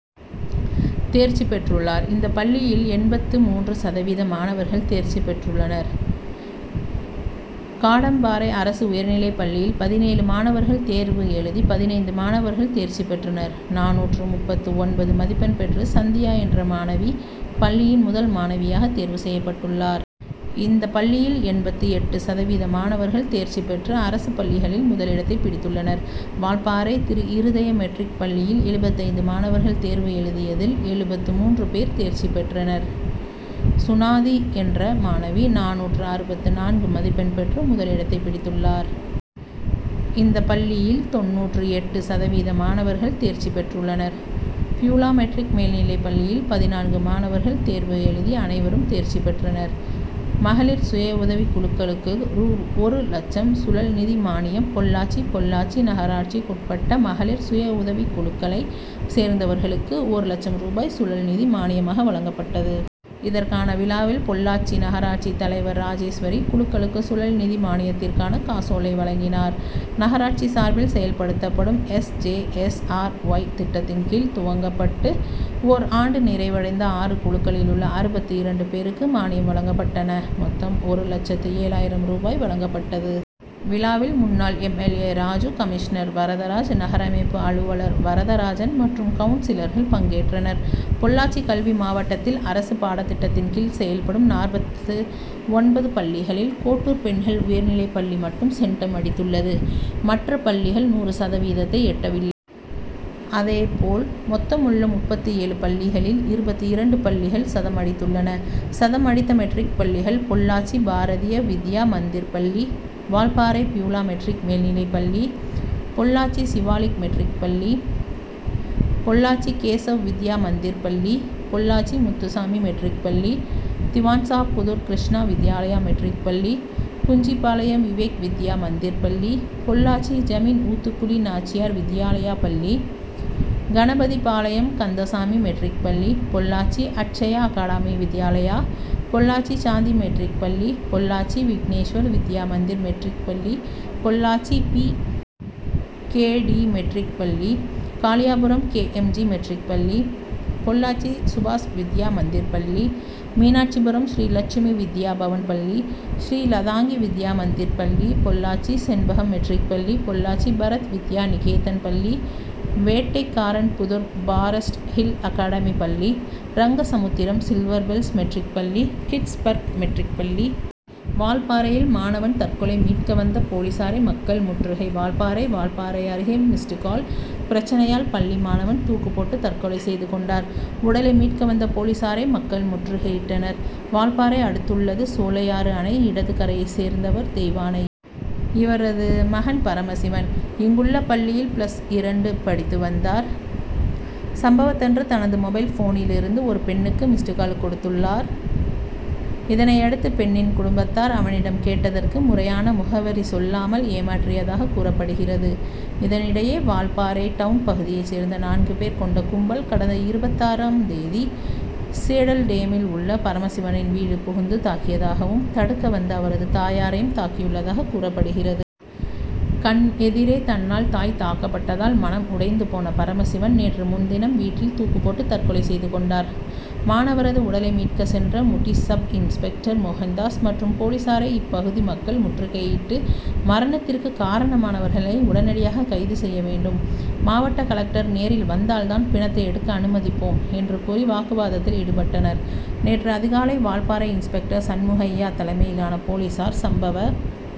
தேர்ச்சி பெற்றுள்ளார். இந்த பள்ளியில் எண்பத்து மூன்று சதவீதம் மாணவர்கள் தேர்ச்சி பெற்றுள்னர். காடம்பாறை அரசு உயர்நிலைப்பள்ளியில் பதினேழு மாணவர்கள் தேர்வு எழுதி பதினைந்து மாணவர்கள் தேர்ச்சி பெற்றனர். நானூற்று முப்பத்து ஒன்பது மதிப்பெண் பெற்று சந்தியா என்ற மாணவி பள்ளியின் முதல் மாணவியாக தேர்வு செய்யப் பட்டுள்ளார். இந்த பள்ளியில் எண்பத்து எட்டு சதவீதம் மாணவர்கள் தேர்ச்சி பெற்று அரசு பள்ளிகளில் முதலிடத்தை பிடித்துள்ளனர். வால்பாறை திருஇருதய மெட்ரிக் பள்ளியில் எழுபத்தைந்து மாணவர்கள் தேர்வு எழுதியதில், எழுபத்து மூன்று பேர் தேர்ச்சி பெற்றனர். சுனாதி என்ற மாணவி நானூற்று அறுபத்து நான்கு மதிப்பெண் பெற்று முதலிடத்தை பிடித்துள்ளார். இந்த பள்ளியில் தொண்ணூற்று எட்டு சதவீதம் மாணவர்கள் தேர்ச்சி பெற்றுள்ளனர். பியூலாமெட்ரிக் மேல்நிலைப்பள்ளியில் பதினான்கு மாணவர்கள் தேர்வு எழுதி அனைவரும் தேர்ச்சி பெற்றனர். மகளிர் சுயஉதவிக்குழுக்களுக்கு ரூ. ஒரு லட்சம் சுழல்நிதி மானியம் பொள்ளாச்சி பொள்ளாச்சி நகராட்சிக்குட்பட்ட மகளிர் சுயஉதவிக்குழுக்களை சேர்ந்தவர்களுக்கு, ஒரு லட்சம் ரூபாய் சுழல்நிதி மானியமாக வழங்கப்பட்டது. இதற்கான விழாவில், பொள்ளாச்சி நகராட்சி தலைவர் ராஜேஸ்வரி, குழுக்களுக்கு சுழல்நிதி மானியத்திற்கான காசோலை வழங்கினார். நகராட்சி சார்பில் செயல்படுத்தப்படும் S. J. S. R. Y., திட்டத்தின் கீழ் துவங்கப்பட்டு, ஓர் ஆண்டு நிறைவடைந்த ஆறு குழுக்களிலுள்ள அறுபத்து இரண்டு பேருக்கு மானியம் வழங்கப்பட்டன. மொத்தம் ஒரு லட்சத்து ஏழாயிரம் ரூபாய் வழங்கப்பட்டது. விழாவில், முன்னாள் M. L. A., Raju, commissioner Varadaraj, நகரமைப்பு அலுவலர் வரதராஜன் மற்றும் கவுன்சிலர்கள் பங்கேற்றனர். பொள்ளாச்சி கல்வி மாவட்டத்தில் அரசு பாடத்திட்டத்தின் கீழ் செயல்படும் நாற்பத்து ஒன்பது பள்ளிகளில், கோட்டூர் பெண்கள் உயர்நிலைப்பள்ளி மட்டும் சென்டம் அடித்துள்ளது. மற்ற பள்ளிகள் நூறு சதவீதத்தை எட்டவில்லை. அதேபோல், மொத்தமுள்ள முப்பத்து ஏழு பள்ளிகளில் இருபத்து இரண்டு பள்ளிகள் சதம் அடித்துள்ளன. சதம் அடித்த மெட்ரிக் பள்ளிகள் பொள்ளாச்சி பாரதிய வித்யா மந்திர் பள்ளி, வால்பாறை பியூலா மெட்ரிக் மேல்நிலைப்பள்ளி, பொள்ளாச்சி சிவாலிக் மெட்ரிக் பள்ளி, பொள்ளாச்சி கேசவ் வித்யா மந்திர் பள்ளி, பொள்ளாச்சி முத்துசாமி மெட்ரிக் பள்ளி, திவான்சாபுதூர் கிருஷ்ணா வித்யாலயா மெட்ரிக் பள்ளி, குஞ்சிபாளையம் விவேக் வித்யா மந்திர் பள்ளி, பொள்ளாச்சி ஜமீன்ஊத்துக்குளி நாச்சியார் வித்யாலயா பள்ளி, கணபதிபாளையம் கந்தசாமி மெட்ரிக் பள்ளி, பொள்ளாச்சி அட்சயா அகாடமி வித்யாலயா, பொள்ளாச்சி சாந்தி மெட்ரிக் பள்ளி, பொள்ளாச்சி விக்னேஷ்வர் வித்யா மந்திர் மெட்ரிக் பள்ளி, Pollachi P. K. D., matric பள்ளி, Kaliyapuram K. M. G., matric பள்ளி, பொள்ளாச்சி சுபாஷ் வித் யா மந்திர் பள்ளி, மீனாட்சிபுரம் ஸ்ரீலட் சுமி வித்யா பவன் பள்ளி, ஸ்ரீ லதாங்கி வித்யா மந்திர் பள்ளி, பொள்ளாச்சி செண் பகம் மெட்ரிக் பள்ளி, பொள்ளாச்சி பரத் வித்யா நிகேதன் பள்ளி, வேட்டைக்காரன்புதூர் பாரஸ்ட் ஹில் அகாடமி பள்ளி, ரங்கசமுத்திரம் சில்வர் பெல்ஸ் மெட்ரிக் பள்ளி, கிட்ஸ் பர்க் மெட்ரிக் பள்ளி. வால்பாறையில் மாணவன் தற்கொலை மீட்க வந்த போலீசாரை மக்கள் முற்றுகை வால்பாறை வால்பாறை அருகே மிஸ்டுகால்' பிரச்னையால் பள்ளி மாணவன் தூக்கு போட்டு தற்கொலை செய்துகொண்டார். உடலை மீட்க வந்த போலீசாரை மக்கள் முற்றுகையிட்டனர். வால்பாறை அடுத்துள்ளது சோலையாறு அணை இடது கரையை சேர்ந்தவர் தெய்வானை. இவரது மகன் பரமசிவன். இங்குள்ள பள்ளியில் பிளஸ் இரண்டு படித்து வந்தார். சம்பவத்தன்று தனது மொபைல்போனிலிருந்து ஒரு பெண்ணுக்கு மிஸ்டுகால் கொடுத்துள்ளார். இதனையடுத்து பெண்ணின் குடும்பத்தார் அவனிடம் கேட்டதற்கு முறையான முகவரி சொல்லாமல் ஏமாற்றியதாக கூறப்படுகிறது. இதனிடையே வால்பாறை டவுன் பகுதியை சேர்ந்த நான்கு பேர் கொண்ட கும்பல் கடந்த இருபத்தாறு ம் தேதி சேடல்டேமில் உள்ள பரமசிவனின் வீடு புகுந்து தாக்கியதாகவும், தடுக்க வந்த அவரது தாயாரையும் தாக்கியுள்ளதாக கூறப் படுகிறது. கண் எதிரே தன்னால் தாய் தாக்கப்பட்டதால் மனம் உடைந்த போன பரமசிவன், நேற்றுமுன்தினம் வீட்டில் தூக்கு போட்டு தற்கொலை செய்து கொண்டார். மாணவரது உடலை மீட்க சென்ற முடீஸ் சப்-இன்ஸ்பெக்டர் மோகன்தாஸ் மற்றும் போலீசாரை இப்பகுதி மக்கள் முற்றுகையிட்டு, மரணத்திற்கு காரணமானவர்களை உடனடியாக கைது செய்ய வேண்டும், மாவட்ட கலெக்டர் நேரில் வந்தால் தான் பிணத்தை எடுக்க அனுமதிப்போம் என்று கூறி வாக்குவாதத்தில் ஈடுபட்டனர். நேற்று அதிகாலை வால்பாறை இன்ஸ்பெக்டர் சண்முகையா தலைமையிலான போலீசார் சம்பவ